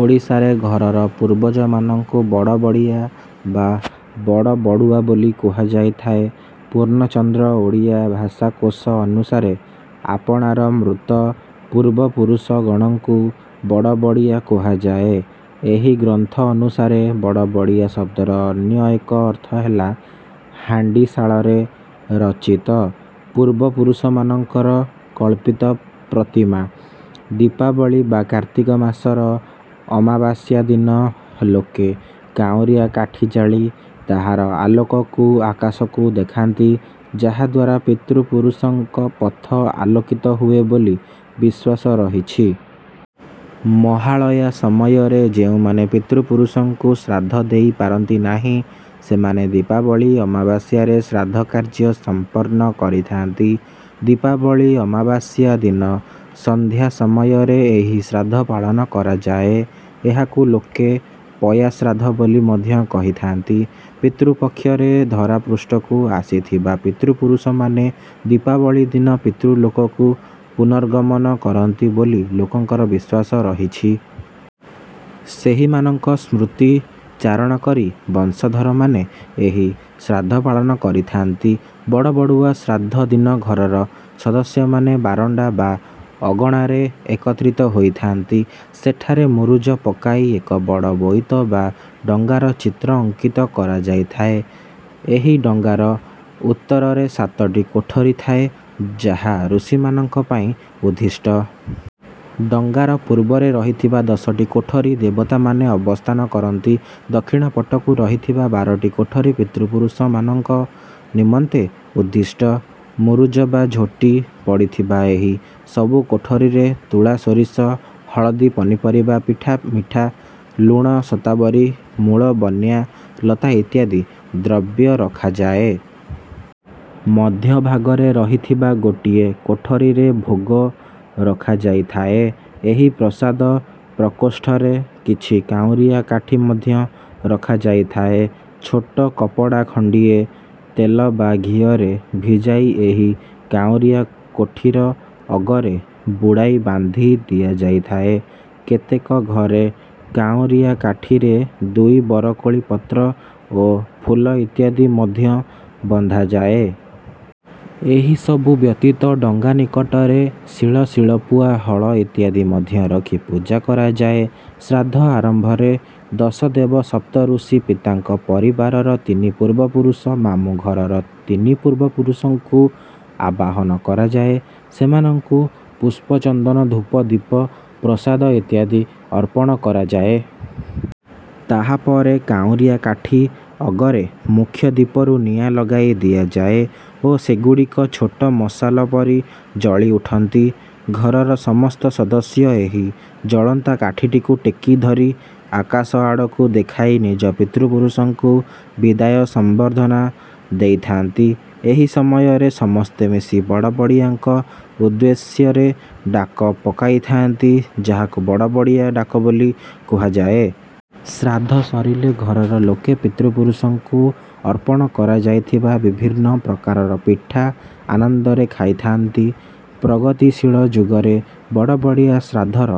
ଓଡ଼ିଶାରେ ଘରର ପୂର୍ବଜମାନଙ୍କୁ ବଡ଼ବଡ଼ିଆ ବା ବଡ଼ବଡ଼ୁଆ ବୋଲି କୁହାଯାଇଥାଏ। ପୂର୍ଣ୍ଣଚନ୍ଦ୍ର ଓଡ଼ିଆ ଭାଷାକୋଷ ଅନୁସାରେ ଆପଣାର ମୃତ ପୂର୍ବପୁରୁଷଗଣଙ୍କୁ ବଡ଼ବଡ଼ିଆ କୁହାଯାଏ। ଏହି ଗ୍ରନ୍ଥ ଅନୁସାରେ ବଡ଼ବଡ଼ିଆ ଶବ୍ଦର ଅନ୍ୟ ଏକ ଅର୍ଥ ହେଲା ହାଣ୍ଡିଶାଳରେ ରଚିତ ପୂର୍ବପୁରୁଷମାନଙ୍କର କଳ୍ପିତ ପ୍ରତିମା। ଦୀପାବଳୀ ବା କାର୍ତ୍ତିକ ମାସର ଅମାବାସ୍ୟା ଦିନ ଲୋକେ କାଉଁରିଆ କାଠି ଜାଳି ତାହାର ଆଲୋକକୁ ଆକାଶକୁ ଦେଖାନ୍ତି ଯାହାଦ୍ୱାରା ପିତୃପୁରୁଷଙ୍କ ପଥ ଆଲୋକିତ ହୁଏ ବୋଲି ବିଶ୍ୱାସ ରହିଛି। ମହାଳୟା ସମୟରେ ଯେଉଁମାନେ ପିତୃପୁରୁଷଙ୍କୁ ଶ୍ରାଦ୍ଧ ଦେଇ ପାରନ୍ତି ନାହିଁ ସେମାନେ ଦୀପାବଳୀ ଅମାବାସ୍ୟାରେ ଶ୍ରାଦ୍ଧ କାର୍ଯ୍ୟ ସମ୍ପନ୍ନ କରିଥାନ୍ତି। ଦୀପାବଳୀ ଅମାବାସ୍ୟା ଦିନ ସନ୍ଧ୍ୟା ସମୟରେ ଏହି ଶ୍ରାଦ୍ଧ ପାଳନ କରାଯାଏ। ଏହାକୁ ଲୋକେ ପୟା ଶ୍ରାଦ୍ଧ ବୋଲି ମଧ୍ୟ କହିଥାନ୍ତି। ପିତୃପକ୍ଷରେ ଧରାପୃଷ୍ଠକୁ ଆସିଥିବା ପିତୃପୁରୁଷମାନେ ଦୀପାବଳୀ ଦିନ ପିତୃଲୋକକୁ ପୁନର୍ଗମନ କରନ୍ତି ବୋଲି ଲୋକଙ୍କର ବିଶ୍ୱାସ ରହିଛି। ସେହିମାନଙ୍କ ସ୍ମୃତି ଚାରଣ କରି ବଂଶଧରମାନେ ଏହି ଶ୍ରାଦ୍ଧ ପାଳନ କରିଥାନ୍ତି। ବଡ଼ବଡ଼ୁଆ ଶ୍ରାଦ୍ଧ ଦିନ ଘରର ସଦସ୍ୟମାନେ ବାରଣ୍ଡା ବା ଅଗଣାରେ ଏକତ୍ରିତ ହୋଇଥାନ୍ତି। ସେଠାରେ ମୁରୁଜ ପକାଇ ଏକ ବଡ଼ ବୋଇତ ବା ଡଙ୍ଗାର ଚିତ୍ର ଅଙ୍କିତ କରାଯାଇଥାଏ। ଏହି ଡଙ୍ଗାର ଉତ୍ତରରେ ସାତଟି କୋଠରୀ ଥାଏ ଯାହା ଋଷିମାନଙ୍କ ପାଇଁ ଉଦ୍ଦିଷ୍ଟ। ଡଙ୍ଗାର ପୂର୍ବରେ ରହିଥିବା ଦଶଟି କୋଠରୀ ଦେବତାମାନେ ଅବସ୍ଥାନ କରନ୍ତି। ଦକ୍ଷିଣ ପଟକୁ ରହିଥିବା ବାରଟି କୋଠରୀ ପିତୃପୁରୁଷମାନଙ୍କ ନିମନ୍ତେ ଉଦ୍ଦିଷ୍ଟ। ମୁରୁଜ ବା ଝୋଟି ପଡ଼ିଥିବା ଏହି ସବୁ କୋଠରୀରେ ତୁଳା ସୋରିଷ ହଳଦି ପନିପରିବା ପିଠା ମିଠା ଲୁଣ ଶତାବରୀ ମୂଳ ବନ୍ୟ ଲତା ଇତ୍ୟାଦି ଦ୍ରବ୍ୟ ରଖାଯାଏ। ମଧ୍ୟଭାଗରେ ରହିଥିବା ଗୋଟିଏ କୋଠରୀରେ ଭୋଗ ରଖାଯାଇଥାଏ। ଏହି ପ୍ରସାଦ ପ୍ରକୋଷ୍ଠରେ କିଛି କାଉଁରିଆ କାଠି ମଧ୍ୟ ରଖାଯାଇଥାଏ। ଛୋଟ କପଡ଼ା ଖଣ୍ଡିଏ ତେଲ ବା ଘିଅରେ ଭିଜାଇ ଏହି କାଉଁରିଆ କୋଠୀର ଅଗରେ ଗୁଡ଼ାଇ ବାନ୍ଧି ଦିଆଯାଇଥାଏ। କେତେକ ଘରେ କାଉଁରିଆ କାଠିରେ ଦୁଇ ବରକୋଳି ପତ୍ର ଓ ଫୁଲ ଇତ୍ୟାଦି ମଧ୍ୟ ବନ୍ଧାଯାଏ। ଏହି ସବୁ ବ୍ୟତୀତ ଡଙ୍ଗା ନିକଟରେ ଶିଳ ଶିଳପୁଆ ହଳ ଇତ୍ୟାଦି ମଧ୍ୟ ରଖି ପୂଜା କରାଯାଏ। ଶ୍ରାଦ୍ଧ ଆରମ୍ଭରେ ଦଶ ଦେବ ସପ୍ତ ଋଷି ପିତାଙ୍କ ପରିବାରର ତିନି ପୂର୍ବପୁରୁଷ ମାମୁଁଘରର ତିନି ପୂର୍ବପୁରୁଷଙ୍କୁ ଆବାହନ କରାଯାଏ। ସେମାନଙ୍କୁ ପୁଷ୍ପ ଚନ୍ଦନ ଧୂପ ଦୀପ ପ୍ରସାଦ ଇତ୍ୟାଦି ଅର୍ପଣ କରାଯାଏ। ତାହାପରେ କାଉଁରିଆ କାଠି ଅଗରେ ମୁଖ୍ୟ ଦୀପରୁ ନିଆଁ ଲଗାଇ ଦିଆଯାଏ ଓ ସେଗୁଡ଼ିକ ଛୋଟ ମଶାଲ ପରି ଜଳି ଉଠନ୍ତି। ଘରର ସମସ୍ତ ସଦସ୍ୟ ଏହି ଜଳନ୍ତା କାଠିଟିକୁ ଟେକି ଧରି ଆକାଶଆଡ଼କୁ ଦେଖାଇ ନିଜ ପିତୃପୁରୁଷଙ୍କୁ ବିଦାୟ ସମ୍ବର୍ଦ୍ଧନା ଦେଇଥାନ୍ତି। ଏହି ସମୟରେ ସମସ୍ତେ ମିଶି ବଡ଼ବଡ଼ିଆଙ୍କ ଉଦ୍ଦେଶ୍ୟରେ ଡାକ ପକାଇଥାନ୍ତି ଯାହାକୁ ବଡ଼ବଡ଼ିଆ ଡାକ ବୋଲି କୁହାଯାଏ। ଶ୍ରାଦ୍ଧ ସରିଲେ ଘରର ଲୋକେ ପିତୃପୁରୁଷଙ୍କୁ ଅର୍ପଣ କରାଯାଇଥିବା ବିଭିନ୍ନ ପ୍ରକାରର ପିଠା ଆନନ୍ଦରେ ଖାଇଥାନ୍ତି। ପ୍ରଗତିଶୀଳ ଯୁଗରେ ବଡ଼ବଡ଼ିଆ ଶ୍ରାଦ୍ଧର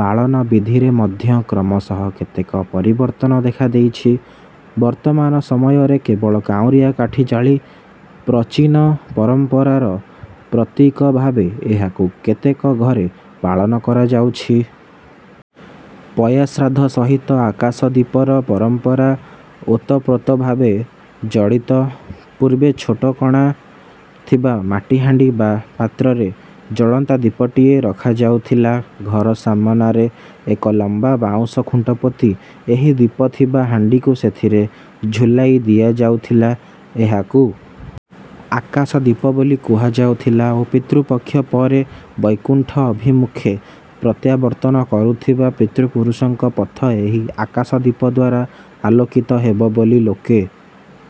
ପାଳନ ବିଧିରେ ମଧ୍ୟ କ୍ରମଶଃ କେତେକ ପରିବର୍ତ୍ତନ ଦେଖାଦେଇଛି। ବର୍ତ୍ତମାନ ସମୟରେ କେବଳ କାଉଁରିଆ କାଠି ଜାଳି ପ୍ରଚୀନ ପରମ୍ପରାର ପ୍ରତୀକ ଭାବେ ଏହାକୁ କେତେକ ଘରେ ପାଳନ କରାଯାଉଛି। ପୟା ଶ୍ରାଦ୍ଧ ସହିତ ଆକାଶଦୀପର ପରମ୍ପରା ଓତପ୍ରୋତ ଭାବେ ଜଡ଼ିତ। ପୂର୍ବେ ଛୋଟ କଣା ଥିବା ମାଟିହାଣ୍ଡି ବା ପାତ୍ରରେ ଜଳନ୍ତା ଦୀପଟିଏ ରଖାଯାଉଥିଲା। ଘର ସାମନାରେ ଏକ ଲମ୍ବା ବାଉଁଶ ଖୁଣ୍ଟ ପୋତି ଏହି ଦୀପ ଥିବା ହାଣ୍ଡିକୁ ସେଥିରେ ଝୁଲାଇ ଦିଆଯାଉଥିଲା। ଏହାକୁ ଆକାଶଦୀପ ବୋଲି କୁହାଯାଉଥିଲା ଓ ପିତୃପକ୍ଷ ପରେ ବୈକୁଣ୍ଠ ଅଭିମୁଖେ ପ୍ରତ୍ୟାବର୍ତ୍ତନ କରୁଥିବା ପିତୃପୁରୁଷଙ୍କ ପଥ ଏହି ଆକାଶଦୀପଦ୍ୱାରା ଆଲୋକିତ ହେବ ବୋଲି ଲୋକେ